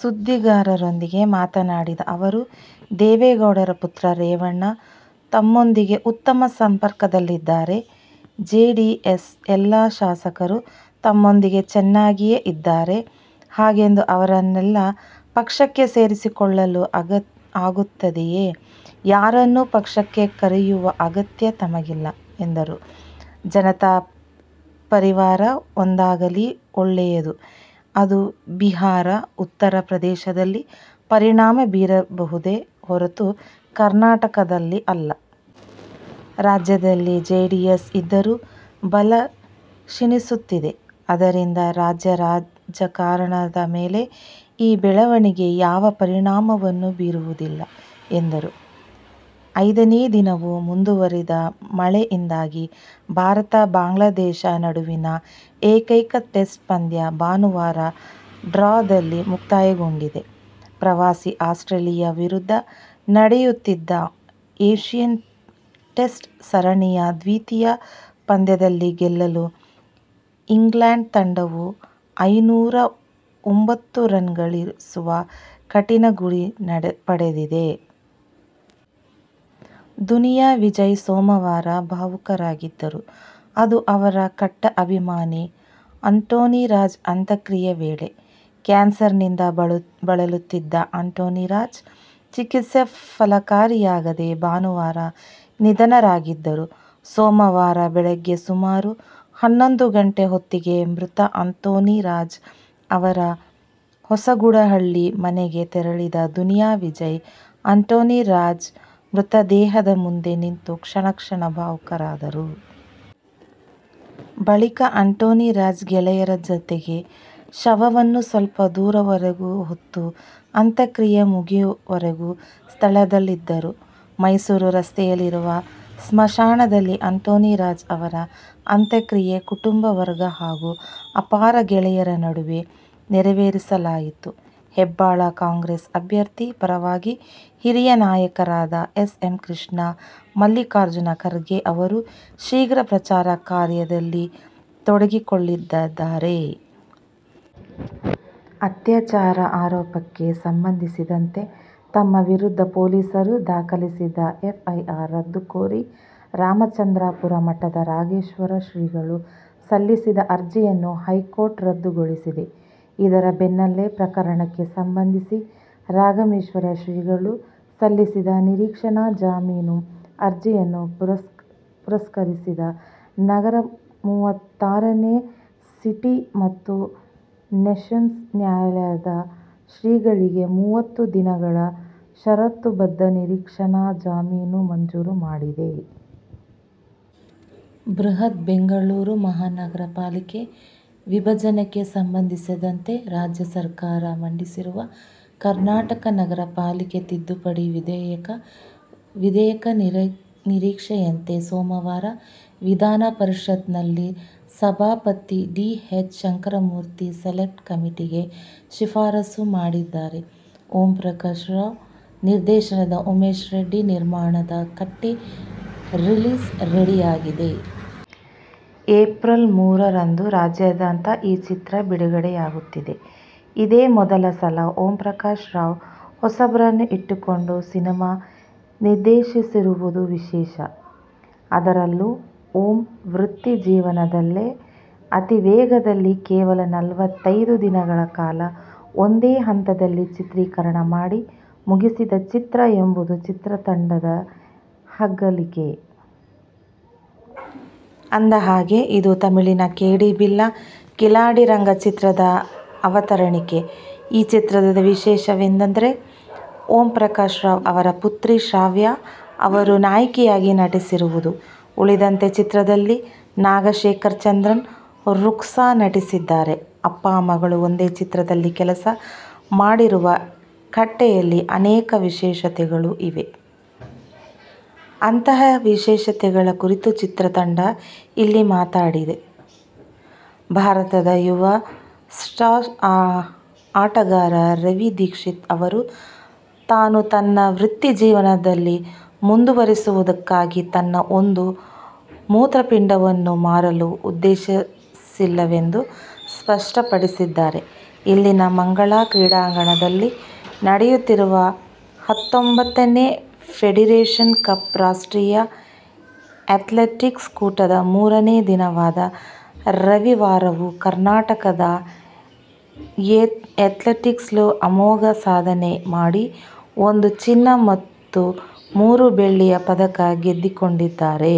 ಸುದ್ದಿಗಾರರೊಂದಿಗೆ ಮಾತನಾಡಿದ ಅವರು, ದೇವೇಗೌಡರ ಪುತ್ರ ರೇವಣ್ಣ ತಮ್ಮೊಂದಿಗೆ ಉತ್ತಮ ಸಂಪರ್ಕದಲ್ಲಿದ್ದಾರೆ. ಜೆಡಿಎಸ್ನ ಎಲ್ಲ ಶಾಸಕರು ತಮ್ಮೊಂದಿಗೆ ಚೆನ್ನಾಗಿಯೇ ಇದ್ದಾರೆ. ಹಾಗೆಂದು ಅವರನ್ನೆಲ್ಲ ಪಕ್ಷಕ್ಕೆ ಸೇರಿಸಿಕೊಳ್ಳಲು ಆಗುತ್ತದೆಯೇ? ಯಾರನ್ನು ಪಕ್ಷಕ್ಕೆ ಕರೆಯುವ ಅಗತ್ಯ ತಮಗಿಲ್ಲ ಎಂದರು. ಜನತಾ ಪರಿವಾರ ಒಂದಾಗಲಿ, ಒಳ್ಳೆಯದು. ಅದು ಬಿಹಾರ, ಉತ್ತರ ಪ್ರದೇಶದಲ್ಲಿ ಪರಿಣಾಮ ಬೀರಬಹುದೇ ಹೊರತು ಕರ್ನಾಟಕದಲ್ಲಿ ಅಲ್ಲ. ರಾಜ್ಯದಲ್ಲಿ ಜೆಡಿಎಸ್ ಇದ್ದರೂ ಬಲ ಕ್ಷೀಣಿಸುತ್ತಿದೆ. ಆದರಿಂದ ರಾಜ್ಯ ರಾಜಕಾರಣದ ಮೇಲೆ ಈ ಬೆಳವಣಿಗೆ ಯಾವ ಪರಿಣಾಮವನ್ನು ಬೀರುವುದಿಲ್ಲ ಎಂದರು. ಐದನೇ ದಿನವೂ ಮುಂದುವರಿದ ಮಳೆಯಿಂದಾಗಿ ಭಾರತ-ಬಾಂಗ್ಲಾದೇಶ ನಡುವಿನ ಏಕೈಕ ಟೆಸ್ಟ್ ಪಂದ್ಯ ಭಾನುವಾರ ಡ್ರಾದಲ್ಲಿ ಮುಕ್ತಾಯಗೊಂಡಿದೆ. ಪ್ರವಾಸಿ ಆಸ್ಟ್ರೇಲಿಯ ವಿರುದ್ಧ ನಡೆಯುತ್ತಿರುವ ಆ್ಯಶಸ್ ಟೆಸ್ಟ್ ಸರಣಿಯ ದ್ವಿತೀಯ ಪಂದ್ಯದಲ್ಲಿ ಗೆಲ್ಲಲು ಇಂಗ್ಲೆಂಡ್ ತಂಡವು ಐನೂರ ಒಂಬತ್ತು ರನ್ ಗಳಿಸುವ ಕಠಿನ ಗುರಿ ಪಡೆದಿದೆ. ದುನಿಯಾ ವಿಜಯ್ ಸೋಮವಾರ ಭಾವುಕರಾಗಿದ್ದರು. ಅದು ಅವರ ಕಟ್ಟಾ ಅಭಿಮಾನಿ ಆಂಟೋನಿರಾಜ್ ಅಂತ್ಯಕ್ರಿಯೆ ವೇಳೆ. ಕ್ಯಾನ್ಸರ್ನಿಂದ ಬಳಲುತ್ತಿದ್ದ ಆಂಟೋನಿರಾಜ್, ಚಿಕಿತ್ಸೆ ಫಲಕಾರಿಯಾಗದೆ ಭಾನುವಾರ ನಿಧನರಾಗಿದ್ದರು. ಸೋಮವಾರ ಬೆಳಗ್ಗೆ ಸುಮಾರು ಹನ್ನೊಂದು ಗಂಟೆ ಹೊತ್ತಿಗೆ ಮೃತ ಆಂಟೋನಿರಾಜ್ ಅವರ ಹೊಸಗುಡದಹಳ್ಳಿ ಮನೆಗೆ ತೆರಳಿದ ದುನಿಯಾ ವಿಜಯ್, ಆಂಟೋನಿರಾಜ್ ಮೃತದೇಹದ ಮುಂದೆ ನಿಂತು ಕ್ಷಣಕ್ಷಣ ಭಾವುಕರಾದರು. ಬಳಿಕ ಆಂಟೋನಿರಾಜ್ ಗೆಳೆಯರ ಜತೆಗೆ ಶವವನ್ನು ಸ್ವಲ್ಪ ದೂರದವರೆಗೆ ಹೊತ್ತು ಅಂತ್ಯಕ್ರಿಯೆ ಮುಗಿಯುವವರೆಗೂ ಸ್ಥಳದಲ್ಲಿದ್ದರು. ಮೈಸೂರು ರಸ್ತೆಯಲ್ಲಿರುವ ಸ್ಮಶಾನದಲ್ಲಿ ಆಂಟೋನಿರಾಜ್ ಅವರ ಅಂತ್ಯಕ್ರಿಯೆ ಕುಟುಂಬ ವರ್ಗ ಹಾಗು ಅಪಾರ ಗೆಳೆಯರ ನಡುವೆ ನೆರವೇರಿಸಲಾಯಿತು. ಹೆಬ್ಟಾಳ ಕಾಂಗ್ರೆಸ್ ಅಭ್ಯರ್ಥಿ ಪರವಾಗಿ ಹಿರಿಯ ನಾಯಕರಾದ ಎಸ್. ಎಂ. ಕೃಷ್ಣ, ಮಲ್ಲಿಕಾರ್ಜುನ ಖರ್ಗೆ ಅವರು ಶೀಘ್ರ ಪ್ರಚಾರ ಕಾರ್ಯದಲ್ಲಿ ತೊಡಗಿಕೊಳ್ಳಲಿದ್ದಾರೆ. ಅತ್ಯಾಚಾರ ಆರೋಪಕ್ಕೆ ಸಂಬಂಧಿಸಿದಂತೆ ತಮ್ಮ ವಿರುದ್ಧ ಪೊಲೀಸರು ದಾಖಲಿಸಿದ್ದ ಎಫ್ಐಆರ್ ರದ್ದು ಕೋರಿ ರಾಮಚಂದ್ರಾಪುರ ಮಠದ ರಾಘವೇಶ್ವರ ಶ್ರೀಗಳು ಸಲ್ಲಿಸಿದ್ದ ಅರ್ಜಿಯನ್ನು ಹೈಕೋರ್ಟ್ ರದ್ದುಗೊಳಿಸಿದೆ. ಇದರ ಬೆನ್ನಲ್ಲೇ ಪ್ರಕರಣಕ್ಕೆ ಸಂಬಂಧಿಸಿ ರಾಘವೇಶ್ವರ ಶ್ರೀಗಳು ಸಲ್ಲಿಸಿದ್ದ ನಿರೀಕ್ಷಣಾ ಜಾಮೀನು ಅರ್ಜಿಯನ್ನು ಪುರಸ್ಕರಿಸಿದ ನಗರ ಮೂವತ್ತಾರನೇ ಸಿಟಿ ಮತ್ತು ಸೆಷನ್ಸ್ ನ್ಯಾಯಾಲಯ, ಶ್ರೀಗಳಿಗೆ ಮೂವತ್ತು ದಿನಗಳ ಷರತ್ತುಬದ್ಧ ನಿರೀಕ್ಷಣಾ ಜಾಮೀನು ಮಂಜೂರು ಮಾಡಿದೆ. ಬೃಹತ್ ಬೆಂಗಳೂರು ಮಹಾನಗರ ಪಾಲಿಕೆ ವಿಭಜನೆಗೆ ಸಂಬಂಧಿಸಿದಂತೆ ರಾಜ್ಯ ಸರ್ಕಾರ ಮಂಡಿಸಿರುವ ಕರ್ನಾಟಕ ನಗರ ಪಾಲಿಕೆ ತಿದ್ದುಪಡಿ ವಿಧೇಯಕ ವಿಧೇಯಕ ನಿರೀಕ್ಷೆಯಂತೆ ಸೋಮವಾರ ವಿಧಾನಪರಿಷತ್ ನಲ್ಲಿ ಸಭಾಪತಿ ಡಿ. ಎಚ್. ಶಂಕರಮೂರ್ತಿ ಸೆಲೆಕ್ಟ್ ಕಮಿಟಿಗೆ ಶಿಫಾರಸು ಮಾಡಿದ್ದಾರೆ. ಓಂಪ್ರಕಾಶ್ರಾವ್ ನಿರ್ದೇಶನದ ಉಮೇಶ್ರೆಡ್ಡಿ ನಿರ್ಮಾಣದ ಕಟ್ಟೆ ರಿಲೀಸ್ಗೆ ರೆಡಿಯಾಗಿದೆ. ಏಪ್ರಿಲ್ ಮೂರು ರಂದು ರಾಜ್ಯಾದ್ಯಂತ ಈ ಚಿತ್ರ ಬಿಡುಗಡೆಯಾಗುತ್ತಿದೆ. ಇದೇ ಮೊದಲ ಸಲ ಓಂಪ್ರಕಾಶ್ ರಾವ್, ಹೊಸಬರನ್ನು ಇಟ್ಟುಕೊಂಡು ಸಿನಿಮಾ ನಿರ್ದೇಶಿಸಿರುವುದು ವಿಶೇಷ. ಅದರಲ್ಲೂ ಓಂ ವೃತ್ತಿ ಜೀವನದಲ್ಲೇ ಅತಿವೇಗದಲ್ಲಿ ಕೇವಲ ನಲವತೈದು ದಿನಗಳ ಕಾಲ ಒಂದೇ ಹಂತದಲ್ಲಿ ಚಿತ್ರೀಕರಣ ಮಾಡಿ ಮುಗಿಸಿದ ಚಿತ್ರ ಎಂಬುದು ಚಿತ್ರತಂಡದ ಹೆಗ್ಗಳಿಕೆ. ಅಂದಹಾಗೆ, ಇದು ತಮಿಳಿನ ಕೇಡಿ ಬಿಲ್ಲಾ ಕಿಲಾಡಿ ರಂಗ ಚಿತ್ರದ ಅವತರಣಿಕೆ. ಈ ಚಿತ್ರದ ವಿಶೇಷವೆಂದರೆ, ಓಂಪ್ರಕಾಶ್ರಾವ್ ಅವರ ಪುತ್ರಿ ಶ್ರಾವ್ಯಾ ಅವರು ನಾಯಕಿಯಾಗಿ ನಟಿಸಿರುವುದು. ಉಳಿದಂತೆ ಚಿತ್ರದಲ್ಲಿ ನಾಗಶೇಖರ್, ಚಂದನ್, ರುಕ್ಸಾ ನಟಿಸಿದ್ದಾರೆ. ಅಪ್ಪ ಮಗಳು ಒಂದೇ ಚಿತ್ರದಲ್ಲಿ ಕೆಲಸ ಮಾಡಿರುವ ಕಟ್ಟೆಯಲ್ಲಿ ಅನೇಕ ವಿಶೇಷತೆಗಳೂ ಇವೆ. ಅಂತಹ ವಿಶೇಷತೆಗಳ ಕುರಿತು ಚಿತ್ರತಂಡ ಇಲ್ಲಿ ಮಾತಾಡಿದೆ. ಭಾರತದ ಯುವ ಸ್ಕ್ವಾಶ್ ಆಟಗಾರ ರವಿ ದೀಕ್ಷಿತ್ ಅವರು ತಾನು ತನ್ನ ವೃತ್ತಿಜೀವನವನ್ನು ಮುಂದುವರಿಸುವುದಕ್ಕಾಗಿ ತನ್ನ ಒಂದು ಮೂತ್ರಪಿಂಡವನ್ನು ಮಾರಲು ಉದ್ದೇಶಿಸಿಲ್ಲವೆಂದು ಸ್ಪಷ್ಟಪಡಿಸಿದ್ದಾರೆ. ಇಲ್ಲಿನ ಮಂಗಳಾ ಕ್ರೀಡಾಂಗಣದಲ್ಲಿ ನಡೆಯುತ್ತಿರುವ ಹತ್ತೊಂಬತ್ತನೇ ಫೆಡರೇಶನ್ ಕಪ್ ರಾಷ್ಟ್ರೀಯ ಆ್ಯತ್ಲೆಟಿಕ್ ಕೂಟದ ಮೂರನೇ ದಿನವಾದ ರವಿವಾರವೂ ಕರ್ನಾಟಕದ ಆ್ಯತ್ಲೀಟ್ಗಳು ಅಮೋಘ ಸಾಧನೆ ಮಾಡಿ ಒಂದು ಚಿನ್ನ ಮತ್ತು ಮೂರು ಬೆಳ್ಳಿಯ ಪದಕ ಗೆದ್ದುಕೊಂಡಿದ್ದಾರೆ.